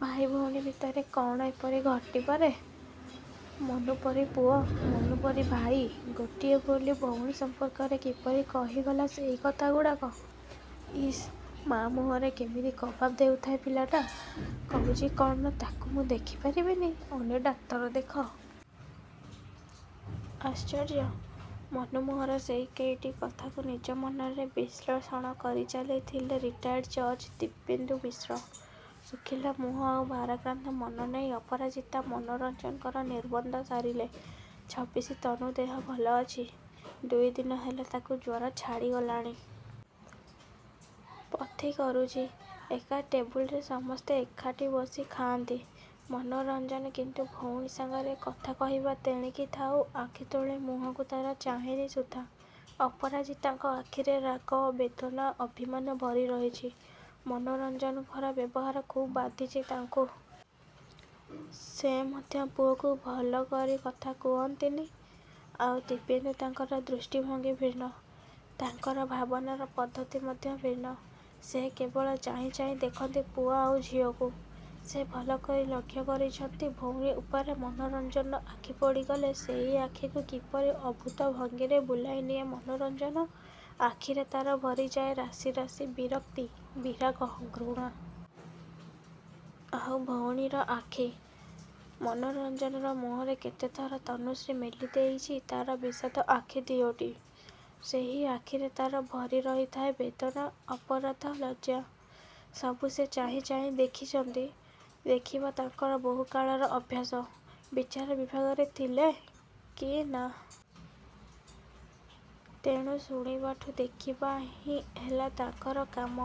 ଭାଇ ଭଉଣୀ ଭିତରେ କ'ଣ ଏପରି ଘଟିପାରେ! ମନୁ ପରି ପୁଅ, ମନୁପରି ଭାଇ, ଗୋଟିଏ ବୋଲି ଭଉଣୀ ସମ୍ପର୍କରେ କିପରି କହିଗଲା ସେଇ କଥାଗୁଡାକ! ଇସ୍ ମାଆ ମୁହଁରେ କେମିତି କବାବ୍ ଦେଉଥାଏ ପିଲାଟା! କହୁଛି କଣନା-ତାକୁ ମୁଁ ଦେଖିପାରିବିନି, ଅନ୍ୟ ଡାକ୍ତର ଦେଖ! ଆଶ୍ଚର୍ଯ୍ୟ ମନୁ ମୁହଁର ସେଇ କେଇଟି କଥାକୁ ନିଜ ମନରେ ବିଶ୍ଳେଷଣ କରିଚାଲିଥିଲେ ରିଟାୟାଡ଼୍ ଜଜ୍ ଦିବ୍ୟେନ୍ଦୁ ମିଶ୍ର। ଶୁଖିଲା ମୁହଁ ଆଉ ଭାରାକ୍ରାନ୍ତ ମନ ନେଇ ଅପରାଜିତା ମନୋରଞ୍ଜନଙ୍କର ନିର୍ବନ୍ଦ ସାରିଲେ। ଛବିଶି ତନୁ ଦେହ ଭଲ ଅଛି। ଦୁଇଦିନ ହେଲା ତାକୁ ଜ୍ୱର ଛାଡ଼ିଗଲାଣି। ପଥି କରୁଛି। ଏକା ଟେବୁଲ୍ରେ ସମସ୍ତେ ଏକାଠି ବସି ଖାଆନ୍ତି। ମନୋରଞ୍ଜନ କିନ୍ତୁ ଭଉଣୀ ସାଙ୍ଗରେ କଥା କହିବା ତେଣିକି ଥାଉ ଆଖି ତୋଳି ମୁହଁକୁ ତା'ର ଚାହେଁନି ସୁଦ୍ଧା। ଅପରାଜିତାଙ୍କ ଆଖିରେ ରାଗ, ବେଦନା, ଅଭିମାନ ଭରି ରହିଛି। ମନୋରଞ୍ଜନଙ୍କର ବ୍ୟବହାର ଖୁବ୍ ବାଧିଛି ତାଙ୍କୁ। ସେ ମଧ୍ୟ ପୁଅକୁ ଭଲକରି କଥା କୁହନ୍ତିନି। ଆଉ ଦିବ୍ୟେନ୍ଦୁ ତାଙ୍କର ଦୃଷ୍ଟିଭଙ୍ଗୀ ଭିନ୍ନ। ତାଙ୍କର ଭାବନାର ପଦ୍ଧତି ମଧ୍ୟ ଭିନ୍ନ। ସେ କେବଳ ଚାହିଁ ଚାହିଁ ଦେଖନ୍ତି ପୁଅ ଆଉ ଝିଅକୁ। ସେ ଭଲକରି ଲକ୍ଷ୍ୟ କରିଛନ୍ତି ଭଉଣୀ ଉପରେ ମନୋରଞ୍ଜନର ଆଖି ପଡ଼ିଗଲେ ସେଇ ଆଖିକୁ କିପରି ଅଦ୍ଭୁତ ଭଙ୍ଗୀରେ ବୁଲାଇନିଏ ମନୋରଞ୍ଜନ, ଆଖିରେ ତା'ର ଭରିଯାଏ ରାଶି ରାଶି ବିରକ୍ତି, ବିରାଗ, ଘୃଣା-। ଆଉ ଭଉଣୀର ଆଖି। ମନୋରଞ୍ଜନର ମୁହଁରେ କେତେଥର ତନୁଶ୍ରୀ ମେଲିଦେଇଛି ତା'ର ବିଷାଦ ଆଖି ଦିଓଟି। ସେହି ଆଖିରେ ତା'ର ଭରି ରହିଥାଏ ବେଦନା, ଅପରାଧ, ଲଜ୍ଜା। ସବୁ ସେ ଚାହିଁ ଚାହିଁ ଦେଖିଛନ୍ତି। ଦେଖିବା ତାଙ୍କର ବହୁକାଳର ଅଭ୍ୟାସ। ବିଚାର ବିଭାଗରେ ଥିଲେ କି ନା। ତେଣୁ ଶୁଣିବାଠୁ ଦେଖିବାହିଁ ହେଲା ତାଙ୍କର କାମ।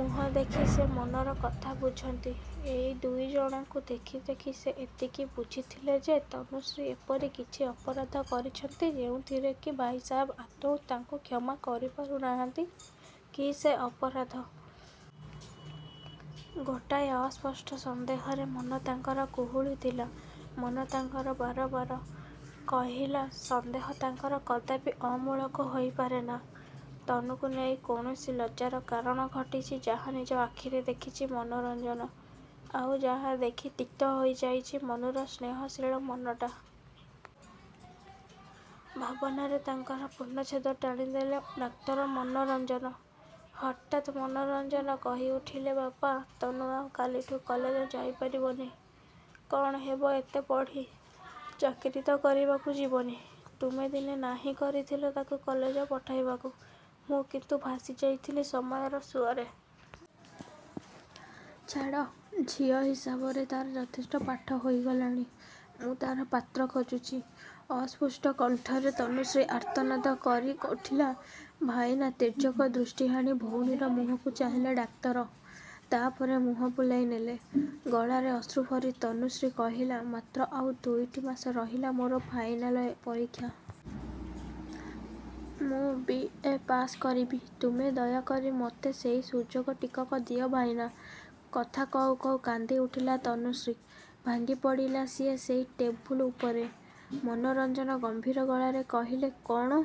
ମୁହଁ ଦେଖି ସେ ମନର କଥା ବୁଝନ୍ତି। ଏଇ ଦୁଇଜଣଙ୍କୁ ଦେଖି ଦେଖି ସେ ଏତିକି ବୁଝିଥିଲେ ଯେ ତନୁଶ୍ରୀ ଏପରି କିଛି ଅପରାଧ କରିଛନ୍ତି ଯେଉଁଥିରେ କି ଭାଇସାହେବ ଆଦୌ ତାଙ୍କୁ କ୍ଷମା କରିପାରୁନାହାନ୍ତି। କି ସେ ଅପରାଧ-! ଗୋଟାଏ ଅସ୍ପଷ୍ଟ ସନ୍ଦେହରେ ମନ ତାଙ୍କର କୁହୁଳୁଥିଲା। ମନ ତାଙ୍କର ବାରବାର। କହିଲା-ସନ୍ଦେହ ତାଙ୍କର କଦାପି ଅମୂଳକ ହୋଇପାରେନା। ତନୁକୁ ନେଇ କୌଣସି ଲଜ୍ଜାର କାରଣ ଘଟିଛି ଯାହା ନିଜ ଆଖିରେ ଦେଖିଛି ମନୋରଞ୍ଜନ। ଆଉ ଯାହା ଦେଖି ତିକ୍ତ ହୋଇଯାଇଛି ମନୁର ସ୍ନେହଶୀଳ ମନଟା। ଭାବନାରେ ତାଙ୍କର ପୂର୍ଣ୍ଣଛେଦ ଟାଣିଦେଲେ ଡାକ୍ତର ମନୋରଞ୍ଜନ। ହଠାତ୍ ମନୋରଞ୍ଜନ କହିଉଠିଲେ- ବାପା, ତନୁ ଆଉ କାଲିଠୁ କଲେଜ ଯାଇପାରିବନି। କ'ଣ ହେବ ଏତେ ପଢ଼ି। ଚାକିରି ତ କରିବାକୁ ଯିବନି। ତୁମେ ଦିନେ ନାହିଁ କରିଥିଲ ତାକୁ କଲେଜ ପଠାଇବାକୁ। ମୁଁ କିନ୍ତୁ ଭାସିଯାଇଥିଲି ସମୟର ସୁଅରେ। ଛାଡ଼, ଝିଅ ହିସାବରେ ତା'ର ଯଥେଷ୍ଟ ପାଠ ହୋଇଗଲାଣି। ମୁଁ ତା'ର ପାତ୍ର ଖୋଜୁଛି। ଅସ୍ଫୁଟ କଣ୍ଠରେ ତନୁଶ୍ରୀ ଆର୍ତ୍ତନାଦ କରିଉଠିଲା-ଭାଇନା ତୀର୍ଯ୍ୟକ ଦୃଷ୍ଟି ହାଣି ଭଉଣୀର ମୁହଁକୁ ଚାହିଁଲେ ଡାକ୍ତର। ତାପରେ ମୁହଁ ବୁଲାଇନେଲେ। ଗଳାରେ ଅଶ୍ରୁଭରି ତନୁଶ୍ରୀ କହିଲା-ମାତ୍ର ଆଉଦୁଇଟି ମାସ ରହିଲା ମୋର ଫାଇନାଲ ପରୀକ୍ଷା। ମୁଁ ବି. ଏ ପାସ୍ କରିବି। ତୁମେ ଦୟାକରି ମତେ ସେଇ ସୁଯୋଗ ଟିକକ ଦିଅ ଭାଇନା। କଥା କହୁ କହୁ କାନ୍ଦିଉଠିଲା ତନୁଶ୍ରୀ। ଭାଙ୍ଗିପଡ଼ିଲା ସିଏ ସେଇ ଟେବୁଲ୍ ଉପରେ। ମନୋରଞ୍ଜନ ଗମ୍ଭୀର ଗଳାରେ କହିଲେ- କ'ଣ